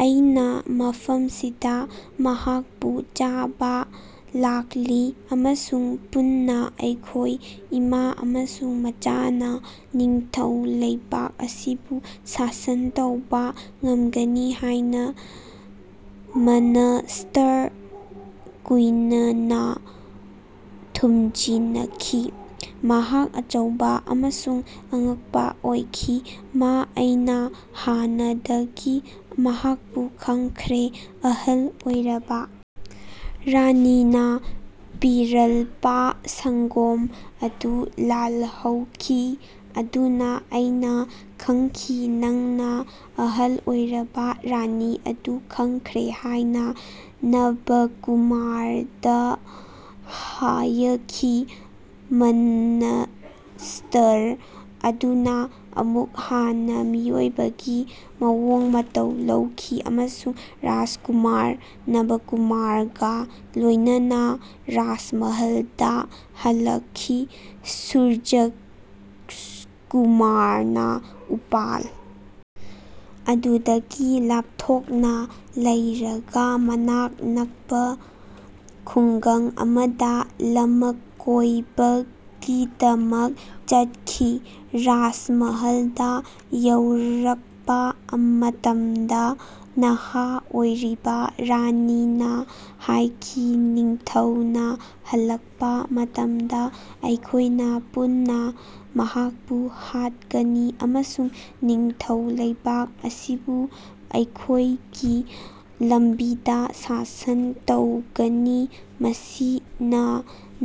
ꯑꯩꯅꯥ ꯃꯐꯝꯁꯤꯗꯥ ꯃꯍꯥꯛꯄꯨ ꯆꯥꯕꯥ ꯂꯥꯛꯂꯤ꯫ ꯑꯃꯁꯨꯡ ꯄꯨꯟꯅꯥ ꯑꯩꯈꯣꯏ ꯏꯃꯥ ꯑꯃꯁꯨꯡ ꯃꯆꯥꯅꯥ ꯅꯤꯡꯊꯧ ꯂꯩꯕꯥꯛ ꯑꯁꯤꯕꯨ ꯁꯥꯁꯟ ꯇꯧꯕꯥ ꯉꯝꯒꯅꯤ ꯍꯥꯏꯅꯥ ꯃꯅꯁ꯭ꯇꯔ ꯀꯨꯏꯅꯅꯥ ꯊꯨꯝꯖꯤꯅꯈꯤ꯫ ꯃꯍꯥꯛ ꯑꯆꯧꯕꯥ ꯑꯃꯁꯨꯡ ꯑꯉꯛꯄꯥ ꯑꯣꯏꯈꯤ꯫ ꯃꯥ ꯑꯩꯅꯥ ꯍꯥꯟꯅꯗꯒꯤ ꯃꯍꯥꯛꯄꯨ ꯈꯪꯈ꯭ꯔꯦ꯫ ꯑꯍꯜ ꯑꯣꯏꯔꯕꯥ ꯔꯥꯅꯤꯅꯥ ꯄꯤꯔꯜꯄꯥ ꯁꯪꯒꯣꯝ ꯑꯗꯨ ꯂꯥꯜꯍꯧꯈꯤ꯫ ꯑꯗꯨꯅꯥ ꯑꯩꯅꯥ ꯈꯪꯈꯤ ꯅꯪꯅꯥ ꯑꯍꯜ ꯑꯣꯏꯔꯕꯥ ꯔꯥꯅꯤ ꯑꯗꯨ ꯈꯪꯈ꯭ꯔꯦ ꯍꯥꯏꯅꯥ ꯅꯕꯀꯨꯃꯥꯔꯗꯥ ꯍꯥꯌꯈꯤ꯫ ꯃꯅꯁ꯭ꯇꯔ ꯑꯗꯨꯅꯥ ꯑꯃꯨꯛ ꯍꯟꯅꯥ ꯃꯤꯑꯣꯏꯕꯒꯤ ꯃꯑꯣꯡ ꯃꯇꯧ ꯂꯧꯈꯤ ꯑꯃꯁꯨꯡ ꯔꯥꯖꯀꯨꯃꯥꯔ ꯅꯕꯀꯨꯃꯥꯔꯒꯥ ꯂꯣꯏꯅꯅꯥ ꯔꯥꯖꯃꯍꯜꯗꯥ ꯍꯜꯂꯛꯈꯤ꯫ ꯁꯨꯔꯖꯥꯀꯨꯃꯥꯔꯅꯥ ꯎꯄꯥꯜ ꯑꯗꯨꯗꯒꯤ ꯂꯥꯞꯊꯣꯛꯅꯥ ꯂꯩꯔꯒꯥ ꯃꯅꯥꯛ ꯅꯛꯄꯥ ꯈꯨꯡꯒꯪ ꯑꯃꯗꯥ ꯂꯃꯀꯣꯏꯕꯒꯤꯗꯃꯛ ꯆꯠꯈꯤ꯫ ꯔꯥꯖꯃꯍꯜꯗꯥ ꯌꯧꯔꯛꯄꯥ ꯃꯇꯝꯗꯥ ꯅꯍꯥ ꯑꯣꯏꯔꯤꯕꯥ ꯔꯥꯅꯤꯅꯥ ꯍꯥꯏꯈꯤ ꯅꯤꯡꯊꯧꯅꯥ ꯍꯜꯂꯛꯄꯥ ꯃꯇꯝꯗꯥ ꯑꯩꯈꯣꯏꯅꯥ ꯄꯨꯟꯅꯥ ꯃꯍꯥꯛꯄꯨ ꯍꯥꯠꯀꯅꯤ ꯑꯃꯁꯨꯡ ꯅꯤꯡꯊꯧ ꯂꯩꯕꯥꯛ ꯑꯁꯤꯕꯨ ꯑꯩꯈꯣꯏꯒꯤ ꯂꯝꯕꯤꯗꯥ ꯁꯥꯁꯟ ꯇꯧꯒꯅꯤ꯫ ꯃꯁꯤꯅꯥ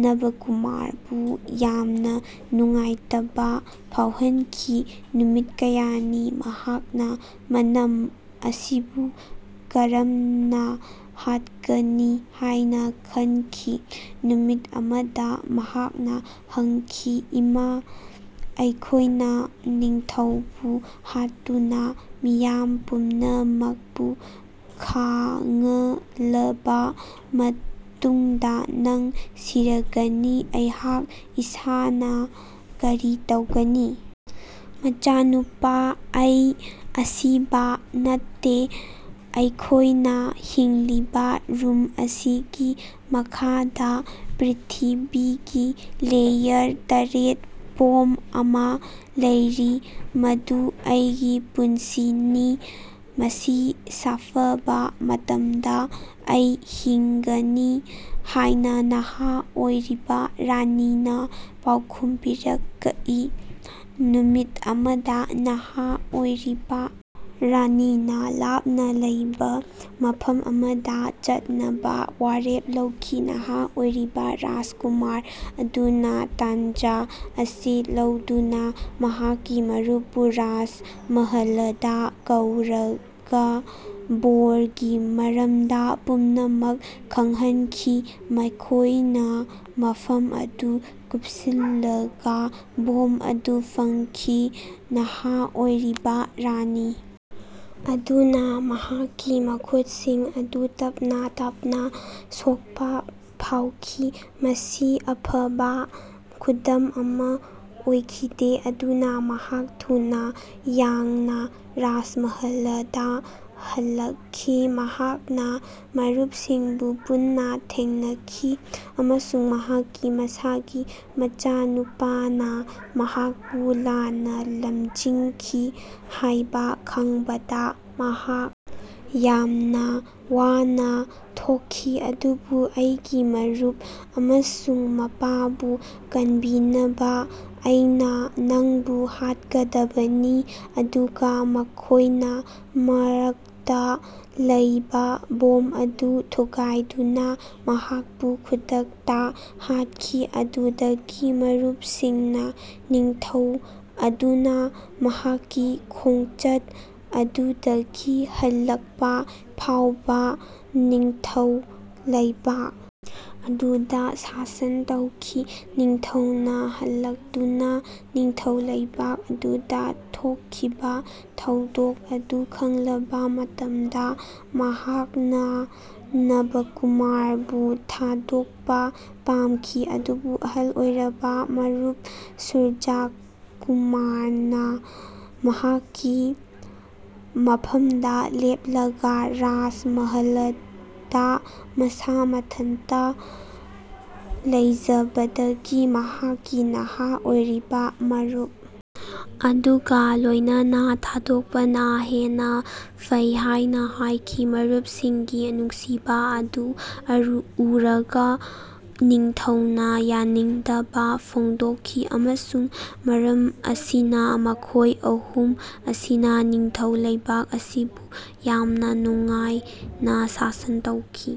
ꯅꯕꯀꯨꯃꯥꯔꯕꯨ ꯌꯥꯝꯅꯥ ꯅꯨꯡꯉꯥꯏꯇꯕꯥ ꯐꯥꯎꯍꯟꯈꯤ꯫ ꯅꯨꯃꯤꯠ ꯀꯌꯥꯅꯤ ꯃꯍꯥꯛꯅꯥ ꯃꯅꯝ ꯑꯁꯤꯕꯨ ꯀꯔꯝꯅꯥ ꯍꯥꯠꯀꯅꯤ ꯍꯥꯏꯅꯥ ꯈꯟꯈꯤ꯫ ꯅꯨꯃꯤꯠ ꯑꯃꯗꯥ ꯃꯍꯥꯛꯅꯥ ꯍꯪꯈꯤ ꯏꯃꯥ ꯑꯩꯈꯣꯏꯅꯥ ꯅꯤꯡꯊꯧꯕꯨ ꯍꯥꯠꯇꯨꯅꯥ ꯃꯤꯌꯥꯝ ꯄꯨꯝꯅꯃꯛꯄꯨ ꯈꯥꯉꯂꯕꯥ ꯃꯇꯨꯡꯗꯥ ꯅꯪ ꯁꯤꯔꯒꯅꯤ꯫ ꯑꯩꯍꯥꯛ ꯏꯁꯥꯅꯥ ꯀꯔꯤ ꯇꯧꯒꯅꯤ? ꯃꯆꯥꯅꯨꯄꯥ ꯑꯩ ꯑꯁꯤꯕꯥ ꯅꯠꯇꯦ꯫ ꯑꯩꯈꯣꯏꯅꯥ ꯍꯤꯡꯂꯤꯕꯥ ꯔꯨꯝ ꯑꯁꯤꯒꯤ ꯃꯈꯥꯗꯥ ꯄ꯭ꯔ꯭ꯤꯊꯤꯕꯤꯒꯤ ꯂꯦꯌꯔ ꯇꯔꯦꯠ ꯕꯣꯝ ꯑꯃꯥ ꯂꯩꯔꯤ꯫ ꯃꯗꯨ ꯑꯩꯒꯤ ꯄꯨꯟꯁꯤꯅꯤ꯫ ꯃꯁꯤ ꯁꯥꯐꯕꯥ ꯃꯇꯝꯗꯥ ꯑꯩ ꯍꯤꯡꯒꯅꯤ ꯍꯥꯏꯅꯥ ꯅꯍꯥ ꯑꯣꯏꯔꯤꯕꯥ ꯔꯥꯅꯤꯅꯥ ꯄꯥꯎꯈꯨꯝ ꯄꯤꯔꯀꯏ꯫ ꯅꯨꯃꯤꯠ ꯑꯃꯗꯥ ꯅꯍꯥ ꯑꯣꯏꯔꯤꯕꯥ ꯔꯥꯅꯤꯅꯥ ꯂꯥꯞꯅꯥ ꯂꯩꯕꯥ ꯃꯐꯝ ꯑꯃꯗꯥ ꯆꯠꯅꯕꯥ ꯋꯥꯔꯦꯞ ꯂꯧꯈꯤ꯫ ꯅꯍꯥ ꯑꯣꯏꯔꯤꯕꯥ ꯔꯥꯖꯀꯨꯃꯥꯔ ꯑꯗꯨꯅꯥ ꯇꯥꯟꯖꯥ ꯑꯁꯤ ꯂꯧꯗꯨꯅꯥ ꯃꯍꯥꯛꯀꯤ ꯃꯔꯨꯞꯄꯨ ꯔꯥꯖꯃꯍꯂꯗꯥ ꯀꯧꯔꯒꯥ ꯕꯣꯔꯒꯤ ꯃꯔꯝꯗꯥ ꯄꯨꯝꯅꯃꯛ ꯈꯪꯍꯟꯈꯤ꯫ ꯃꯈꯣꯏꯅꯥ ꯃꯐꯝ ꯑꯗꯨ ꯀꯨꯞꯁꯤꯜꯂꯒꯥ ꯕꯣꯝ ꯑꯗꯨ ꯐꯪꯈꯤ꯫ ꯅꯍꯥ ꯑꯣꯏꯔꯤꯕꯥ ꯔꯥꯅꯤ ꯑꯗꯨꯅꯥ ꯃꯍꯥꯛꯀꯤ ꯃꯈꯨꯠꯁꯤꯡ ꯑꯗꯨ ꯇꯞꯅꯥ ꯇꯞꯅꯥ ꯁꯣꯛꯄꯥ ꯐꯥꯎꯈꯤ꯫ ꯃꯁꯤ ꯑꯐꯕꯥ ꯈꯨꯗꯝ ꯑꯃꯥ ꯑꯣꯏꯈꯤꯗꯦ꯫ ꯑꯗꯨꯅꯥ ꯃꯍꯥꯛ ꯊꯨꯅꯥ ꯌꯥꯡꯅꯥ ꯔꯥꯖꯃꯍꯂꯗꯥ ꯍꯜꯂꯛꯈꯤ꯫ ꯃꯍꯥꯛꯅꯥ ꯃꯔꯨꯞꯁꯤꯡꯕꯨ ꯄꯨꯟꯅꯥ ꯊꯦꯡꯅꯈꯤ ꯑꯃꯁꯨꯡ ꯃꯍꯥꯛꯀꯤ ꯃꯁꯥꯒꯤ ꯃꯆꯥꯅꯨꯄꯥꯅꯥ ꯃꯍꯥꯛꯄꯨ ꯂꯥꯟꯅꯥ ꯂꯝꯖꯤꯡꯈꯤ ꯍꯥꯏꯕꯥ ꯈꯪꯕꯗꯥ ꯃꯍꯥꯛ ꯌꯥꯝꯅꯥ ꯋꯥꯅꯥ ꯊꯣꯛꯈꯤ꯫ ꯑꯗꯨꯕꯨ ꯑꯩꯒꯤ ꯃꯔꯨꯞ ꯑꯃꯁꯨꯡ ꯃꯄꯥꯕꯨ ꯀꯟꯕꯤꯅꯕꯥ ꯑꯩꯅꯥ ꯅꯪꯕꯨ ꯍꯥꯠꯀꯗꯕꯅꯤ꯫ ꯑꯗꯨꯒꯥ ꯃꯈꯣꯏꯅꯥ ꯃꯔꯛꯇꯥ ꯂꯩꯕꯥ ꯕꯣꯝ ꯑꯗꯨ ꯊꯨꯒꯥꯏꯗꯨꯅꯥ ꯃꯍꯥꯛꯄꯨ ꯈꯨꯗꯛꯇꯥ ꯍꯥꯠꯈꯤ꯫ ꯑꯗꯨꯗꯒꯤ ꯃꯔꯨꯞꯁꯤꯡꯅꯥ ꯅꯤꯡꯊꯧ ꯑꯗꯨꯅꯥ ꯃꯍꯥꯛꯀꯤ ꯈꯣꯡꯆꯠ ꯑꯗꯨꯗꯒꯤ ꯍꯜꯂꯛꯄꯥ ꯐꯥꯎꯕꯥ ꯅꯤꯡꯊꯧ ꯂꯩꯕꯥꯛ ꯑꯗꯨꯗꯥ ꯁꯥꯁꯟ ꯇꯧꯈꯤ꯫ ꯅꯤꯡꯊꯧꯅꯥ ꯍꯜꯂꯛꯇꯨꯅꯥ ꯅꯤꯡꯊꯧ ꯂꯩꯕꯥꯛ ꯑꯗꯨꯗꯥ ꯊꯣꯛꯈꯤꯕꯥ ꯊꯧꯗꯣꯛ ꯑꯗꯨ ꯈꯪꯂꯕꯥ ꯃꯇꯝꯗꯥ ꯃꯍꯥꯛꯅꯥ ꯅꯕꯀꯨꯃꯥꯔꯕꯨ ꯊꯥꯗꯣꯛꯄꯥ ꯄꯥꯝꯈꯤ ꯑꯗꯨꯕꯨ ꯑꯍꯜ ꯑꯣꯏꯔꯕꯥ ꯃꯔꯨꯞ ꯁꯨꯔꯖꯥꯀꯨꯃꯥꯔꯅꯥ ꯃꯍꯥꯛꯀꯤ ꯃꯐꯝꯗꯥ ꯂꯦꯞꯂꯒꯥ ꯔꯥꯖꯃꯍꯂꯗꯥ ꯃꯁꯥ ꯃꯊꯟꯇꯥ ꯂꯩꯖꯕꯗꯒꯤ ꯃꯍꯥꯛꯀꯤ ꯅꯍꯥ ꯑꯣꯏꯔꯤꯕꯥ ꯃꯔꯨꯞ ꯑꯗꯨꯒꯥ ꯂꯣꯏꯅꯅꯥ ꯊꯥꯗꯣꯛꯄꯅꯥ ꯍꯦꯟꯅꯥ ꯐꯩ ꯍꯥꯏꯅꯥ ꯍꯥꯏꯈꯤ꯫ ꯃꯔꯨꯞꯁꯤꯡꯒꯤ ꯅꯨꯡꯁꯤꯕꯥ ꯑꯗꯨ ꯎꯔꯒꯥ ꯅꯤꯡꯊꯧꯅꯥ ꯌꯥꯅꯤꯡꯗꯕꯥ ꯐꯣꯡꯗꯣꯛꯈꯤ꯫ ꯑꯃꯁꯨꯡ ꯃꯔꯝ ꯑꯁꯤꯅꯥ ꯃꯈꯣꯏ ꯑꯍꯨꯝ ꯑꯁꯤꯅꯥ ꯅꯤꯡꯊꯧ ꯂꯩꯕꯥꯛ ꯑꯁꯤꯕꯨ ꯌꯥꯝꯅꯥ ꯅꯨꯡꯉꯥꯏꯅꯥ ꯁꯥꯁꯟ ꯇꯧꯈꯤ꯫